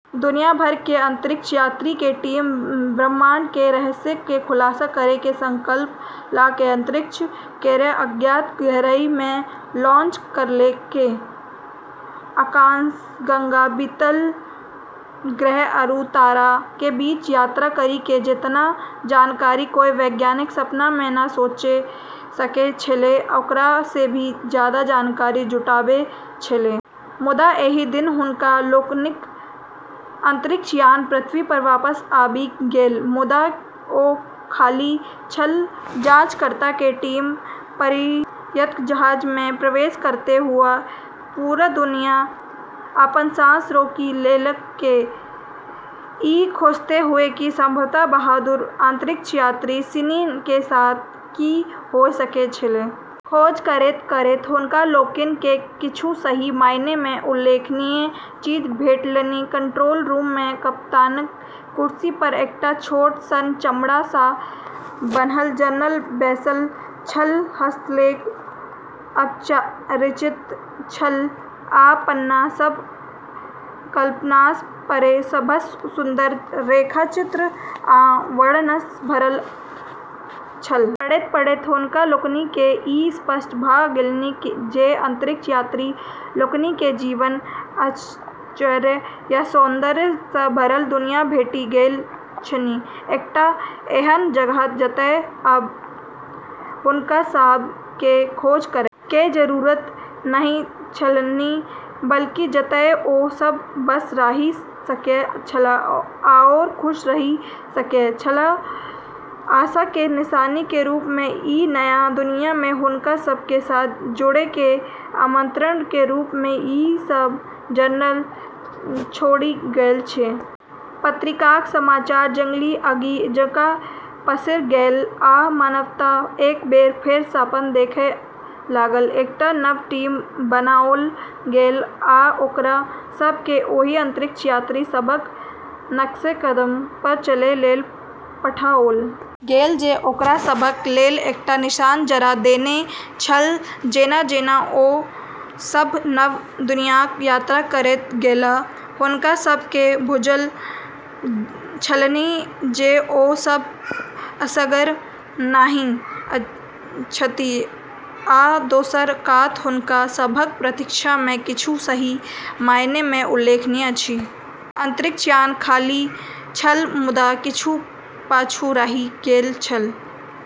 दुनिया भर के अंतरिक्ष यात्री के टीम ब्रह्मांड के रहस्य के खुलासा करै के संकल्प ल क अंतरिक्ष केरऽ अज्ञात गहराई मे लॉन्च करलकै। आकाशगंगा, बीतल ग्रह आरू तारा के बीच यात्रा करी के जेतना जानकारी कोय वैज्ञानिक सपना मे नै सोचे सकै छेलै, ओकरा से भी जादा जानकारी जुटाबै छेलै। मुदा एहि दिन हुनका लोकनिक अंतरिक्ष यान पृथ्वी पर वापस आबि गेल, मुदा ओ खाली छल। जांचकर्ता के टीम परित्यक्त जहाज में प्रवेश करतें हुअ॑ पूरा दुनिया अपनऽ सांस रोकी लेलकै, ई खोजतें हुअ॑ कि संभवतः बहादुर अंतरिक्ष यात्री सिनी के साथ की होय सकै छेलै। खोज करैत-करैत हुनका लोकनि केँ किछु सही मायने मे उल्लेखनीय चीज भेटलनि। कंट्रोल रूम मे, कप्तानक कुर्सी पर, एकटा छोट सन, चमड़ा सँ बान्हल जर्नल बैसल छल, हस्तलेख अपरिचित छल, आ पन्ना सभ कल्पनासँ परे सभसँ सुन्दर रेखाचित्र आ वर्णनसँ भरल छल। पढ़ैत-पढ़ैत हुनका लोकनि केँ ई स्पष्ट भ गेलनि जे अंतरिक्ष यात्री लोकनि केँ जीवन, आश्चर्य आ सौन्दर्य सँ भरल दुनियाँ भेटि गेल छनि एकटा एहन जगह जतय आब हुनका सभ के खोज करय के जरूरत नहिं छलन्हि, बल्कि जतय ओ सभ बस रहि सकय छलाह आओर खुश रहि सकय छलाह, आशा के निशानी के रूप में, ई नया दुनिया में हुनका सब के साथ जुड़ै के आमंत्रण के रूप में ई सब जर्नल छोड़ी गेलऽ छेलै। पत्रिकाक समाचार जंगली आगि जकाँ पसरि गेल, आ मानवता एक बेर फेर सपना देखय लागल। एकटा नव टीम बनाओल गेल, आ ओकरा सभ केँ ओहि अंतरिक्ष यात्री सभक नक्शेकदम पर चलय लेल पठाओल गेल जे ओकरा सभक लेल एकटा निशान जरा देने छल जेना-जेना ओ सभ नव दुनियाँक यात्रा करैत गेलाह, हुनका सभ केँ बुझल छलनि जे ओ सभ असगर नहि छथि आ दोसर कात हुनका सभक प्रतीक्षा मे किछु सही मायने मे उल्लेखनीय अछि। अंतरिक्ष यान खाली छल, मुदा किछु पाछू रहि गेल छल।